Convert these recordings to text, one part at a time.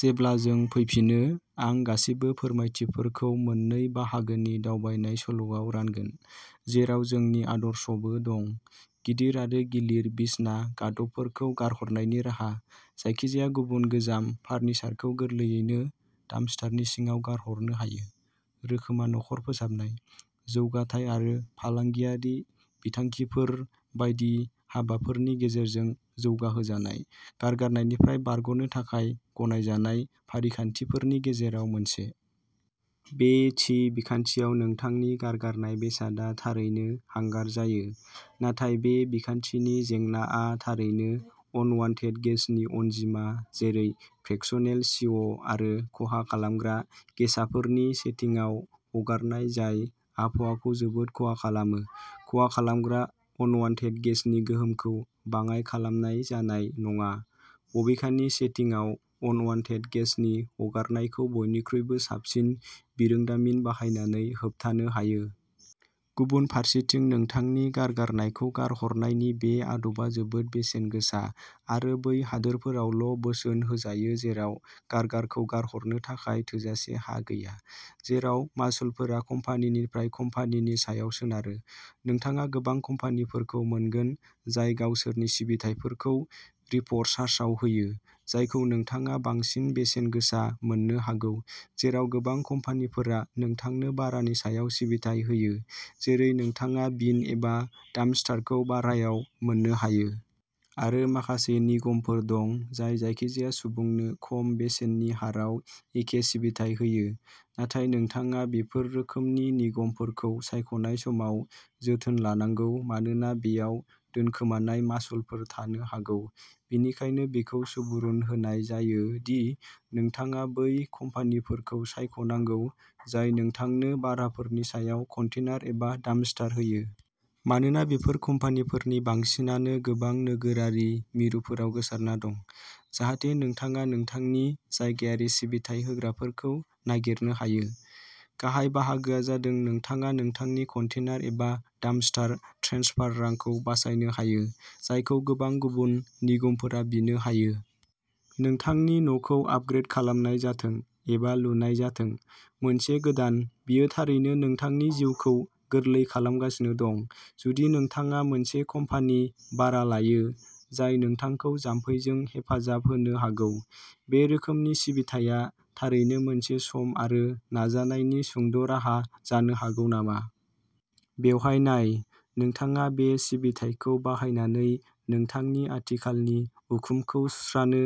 जेब्ला जों फैफिनो, आं गासिबो फोरमायथिफोरखौ मोननै बाहागोनि दावबायनाय सल'आव रानगोन, जेराव जोंनि आदर्शबो दं। गिदिर आरो गिलिर बिसना गादबफोरखौ गारहरनायनि राहा। जायखिजाया गुबुन गोजाम फार्निचारखौ गोरलैयैनो डाम्पस्टारनि सिङाव गारहरनो हायो। रोखोमआ न'खर फोसाबनाय, जौगाथाय आरो फालांगियारि बिथांखिफोर बायदि हाबाफोरनि गेजेरजों जौगाहोजानाय गारगारनायनिफ्राय बारग'नो थाखाय गनायजानाय फारिखान्थिफोरनि गेजेराव मोनसे। बे थि बिखान्थियाव नोंथांनि गारगारनाय बेसादआ थारैनो हांगार जायो, नाथाय बे बिखान्थिनि जेंनाआ थारैनो अनवान्टेड गेसनि अनजिमा जेरै फ्रेक्सनेल सिअ' आरो खहा खालामग्रा गेसाफोरखौ सेटिंआव हगारनाय जाय आबहावाखौ जोबोद खहा खालामो। खहा खालामग्रा अनवान्टेड गेसनि गोहोमखौ बाङाय खालामनाय जानाय नङा, बबेखानि सेटिंआव अनवान्टेड गेसनि हगारनायखौ बयनिख्रुइबो साबसिन बिरोंदामिन बाहायनानै होबथानो हायो। गुबुन फारसेथिं नोंथांनि गारगारनायखौ गारहरनायनि बे आदबा जोबोद बेसेन गोसा आरो बै हादोरफोरावल'बोसोन होजायो जेराव गारगारखौ गारहरनो थाखाय थोजासे हा गैया। जेराव मासुलफोरा कम्पानिनिफ्राय कम्पानिनि सायाव सोनारो। नोंथाङा गोबां कम्पानिफोरखौ मोनगोन जाय गावसोरनि सिबिथाइफोरखौ रिप्ड चार्जआव होयो, जायखौ नोंथाङा बांसिन बेसेन गोसा मोननो हागौ, जेराव गोबां कम्पानिफोरा नोंथांनो भारानि सायाव सिबिथाइ होयो, जेरै नोंथाङा बिन एबा डाम्पस्टारखौ भारायाव मोननो हायो। आरो माखासे निगमफोर दं, जाय जायखिजाया सुबुंनो खम बेसेननि हाराव एखे सिबिथाइ होयो, नाथाय नोंथाङा बेफोर रोखोमनि निगमफोरखौ सायख'नाय समाव जोथोन लानांगौ मानोना बेयाव दोनखोमानाय मासुलफोर थानो हागौ। बेनिखायनो बेखौ सुबुरुन होनाय जायो दि नोंथाङा बै कम्पानिफोरखौ सायख'नांगौ जाय नोंथांनो भाराफोरनि सायाव कन्टेनार एबा डाम्पस्टार होयो। मानोना बेफोर कम्पानिफोरनि बांसिनानो गोबां नोगोरारि मिरुफोराव गोसारना दं, जाहाथे नोंथाङा नोंथांनि जायगायारि सिबिथाइ होग्राफोरखौ नागिरनो हायो। गाहाय बाहागोआ जादों नोंथाङा नोंथांनि कन्टेनार एबा डाम्पस्टार ट्रेन्सफार रांखौ बासायनो हायो, जायखौ गोबां गुबुन निगमफोरा बिनो हायो। नोंथांनि न'खौ आपग्रेद खालामनाय जाथों एबा लुनाय जाथों। मोनसे गोदान, बेयो थारैनो नोंथांनि जिउखौ गोरलै खालामगासिनो दं, जुदि नोंथाङा मोनसे कम्पानि भारा लायो, जाय नोंथांखौ जामफैजों हेफाजाब होनो हागौ। बे रोखोमनि सिबिथाया थारैनो मोनसे सम आरो नाजानायनि सुंद'राहा जानो हागौ नामा? बेवहाय नाय। नोंथाङा बे सिबिथाइखौ बाहायनानै नोंथांनि आथिखालनि उखुमखौ सुस्रानो,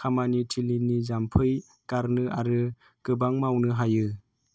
खामानि थिलिनि जामफै गारनो आरो गोबां मावनो हायो।